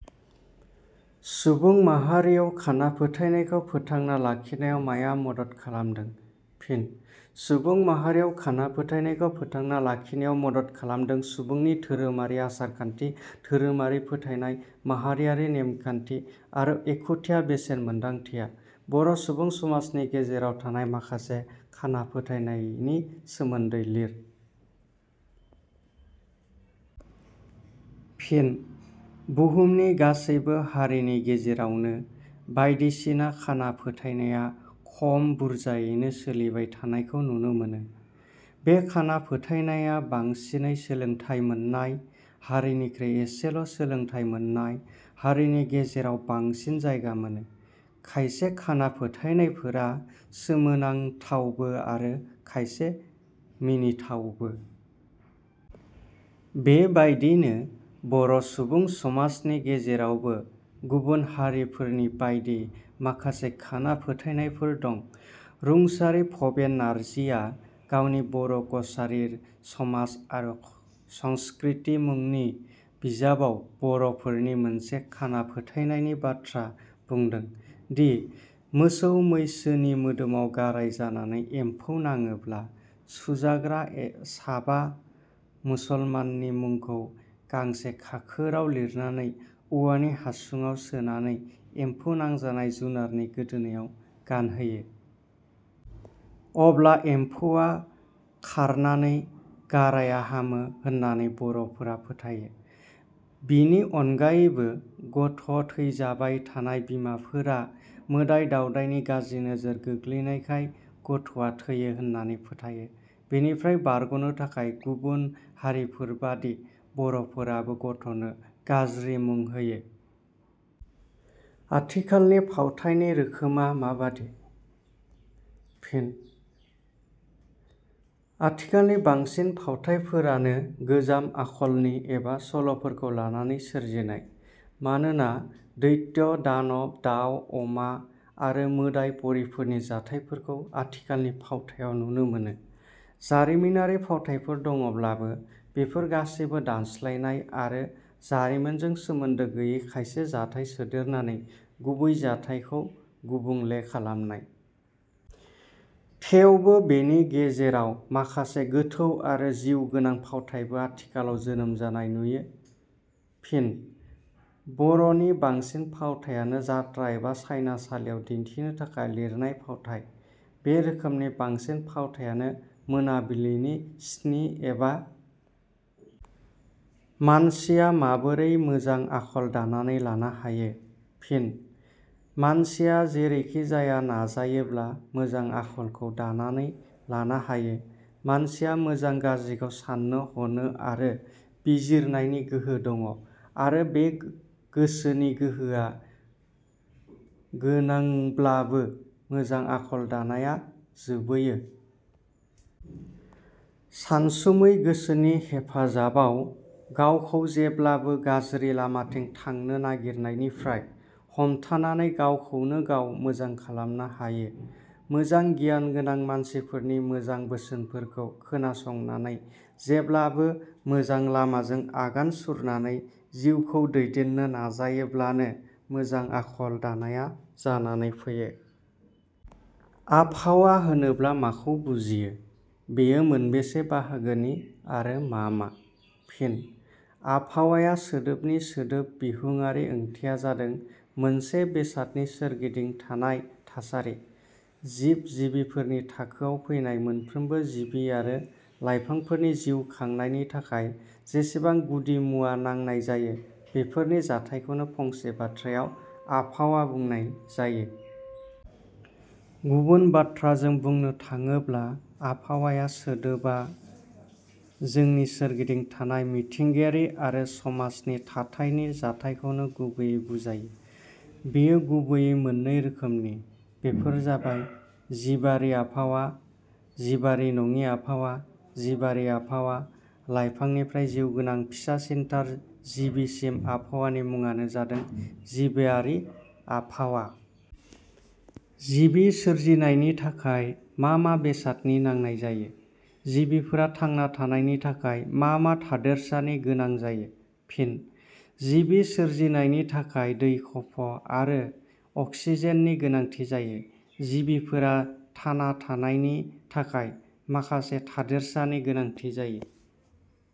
सुबुं माहारियाव खाना फोथायनायखौ फोथांना लाखिनायाव माया मदद खालामदों? फिन :- सुबुं माहारियाव खाना फोथायनायखौ फोथांना लाखिनायाव मदद खालामदों सुबुंनि धोरोमारि आसार-खान्थि, धोरोमारि फोथायनाय, माहारियारि नेमखान्थि आरो एखुथिया बेसेन मोन्दांथिया। बर' सुबुं समाजनि गेजेराव थानाय माखासे खाना फोथायनायनि सोमोन्दै लिए। फिन :- बुहुमनि गासैबो हारिनि गेजेरावनो बायदिसिना खाना फोथायनाया खम बुरजायैनो सोलिबाय थानायखौ नुनो मोनो। बे खाना फोथायनाया बांसिनै सोलोंथाइ मोन्नाय हारिनिखुइ एसेल' सोलोंथाइ मोननाय हारिनि गेजेराव बांसिन जायगा मोनो। खायसे खाना फोथायनायफोरा सोमोनांथावबो आरो खायसे मिथिथावबो। बे बायदिनो बर' सुबुं समाजनि गेजेरावबो गुबुन हारिफोरनि बायदि माखासे खाना फोथायनायफोर दं। रुंसारि भबेन नार्जीआ गावनि बर' कसारीर समाज आरु संस्कृति मुनि बिजाबआव बर 'फोरनि मोनसे खाना फोथायनायनि बाथ्रा बुंदों दि मोसौ-मैसोनि मोदोमआव गाराइ जानानै एम्फौ नाडोब्ला सुजाग्रा साबा मुसलमाननि मुंखौ गांसे खाखोरआव लिरनानै औवानि हासुंआव सोनानै एम्फौ नांजानाय जुनारनि गोदोनायाव गानहोयो। अब्ला एम्फौवा खांरनानै गाराइया हामो होन्नानै बर 'फोरा फोथायो। बिनि अनगायैबो गथ' थैजाबाय थानाय बिमाफोरा मोदाइ-दाउदाइनि गाज्रि नोजोर गोग्लैनायखाय गथ'आ थैयो होन्नानै फोथायो। बेनिफ्राय बारग 'नो थाखाय गुबुन हारिफोरबादि बर 'फोराबो गथ 'नो गाज्रि मुं होयो। आथिखालनि फावथाइनि रोखोमा माबादि? फिन: आथिखालनि बांसिन फावथाइफोरानो गोजाम आखलनि एबा सल 'फोरखौ लानानै सोरजिनाय। मानोना दैत्य-दानब, दाउ-अमा आरो मोदाइ परिफोरनि जाथाइफोरखौ आथिखालनि फावथाइयाव नुनो मोनो। जारिमिनारि फावथाइफोर दङब्लाबो बेफोर गासैबो दानस्लायनाय आरो जारिमिनजों सोमोन्दो गैयि खायसे जाथाय सोदेरनानै गुबै जाथाइखौ गुबुंले खालामनाय। थेवबो बेनि गेजेराव मांखासे गोथौ आरो जिउ गोनां फावथाइबो आथिखालआव जोनोम जानाय नुयो। फिन: बर 'नि बांसिन फावथाइयानो जात्रा एबा सायनासालियाव दिन्थिनो थाखाय लिरनाय फावथाइ। बे रोखोमनि बांसिन फावथाइयानो मोनाबिलिनि स्नि एबा। मानसिया माबोरै मोजां आखल दानानै लानो हायो? फिन :- मानसिया जेरैखि जाया नाजायोब्ला मोजां आखलखौ दानानै लानो हायों। मानसिया मोजां गाज्रिखौ साननो ह'नो आरो बिजिरनायनि गोहो दङ आरो बे गोसोनि गोहोआ गोनोंब्लाबो मोजां आखल दानाया जोबैयो। सानसुमै गोसोनि हेफाजाबआव गावखौ जेब्लाबो गाज्रि लामाथिं थांनो नायगिरिनायनिफ्राय हमथानानै गावखौनो गाव मोजां खालामनो हायो। मोजां गियान गोनां मानसिफोरनि मोजां बोसोनफोरखौ खोनासंनानै जेब्लाबो मोजां लामाजों आगान सुरनानै जिउखौ दैदेननो नाजायोब्लानो मोजां आखल 'दानाया जानानै फैयो। आबहावा होनोब्ला माखौ बुजियो? बेयो मोनबेसे बाहागोनि आरो मा मा? फिन: आबहावा सोदोबनि सोदोब बिहुंआरि ओंथिया जादों मोनसे बेसादनि सोरगिदिं थानाय थासारि। जिब-जिबिफोरनि थाखोआव फैनाय मोनफ्रोमबो जिबि आरो लाइफांफोरनि जिउ खांनायनि थाखाय जेसेबां गुदि मुवा नांनाय जायो बेफोरनि जाथायखौनो फंसे बाथ्रायाव आबहावा बुंनाय जायो। गुबुन बाथ्राजों बुंनो थाडोब्ला आबहावा सोदोबा जोंनि सोरगिदिं थानाय मिथिंगायारि आरो समाजारि थाथायनि जाथायखौनो गुबैयै बुजायो। बेयो गुबैयै मोननै रोखोमनि। बेफोर जाबाय- जिबारि आबहावा जिबारि नङि आबहावा जिबारि आबहावा: लाइफांनिफ्राय जिउगोनां फिसासिनथार जिबिसिम आबहावानि मुंआनो जादों जिबारि आबहावा। जिबि सोरजिनायनि थाखाय मा मा बेसादनि नांनाय जायो। जिबिफोरा थांना थानायनि थाखाय मा मा थादेरसानि गोनां जायो? फिन: जिबि सोरजिनायनि थाखाय दै खफ' आरो अक्सिजेननि गोनांथि जायो। जिबिफोरा थाना थानायनि थाखाय माखासे थादेरसानि गोनांथि जायो।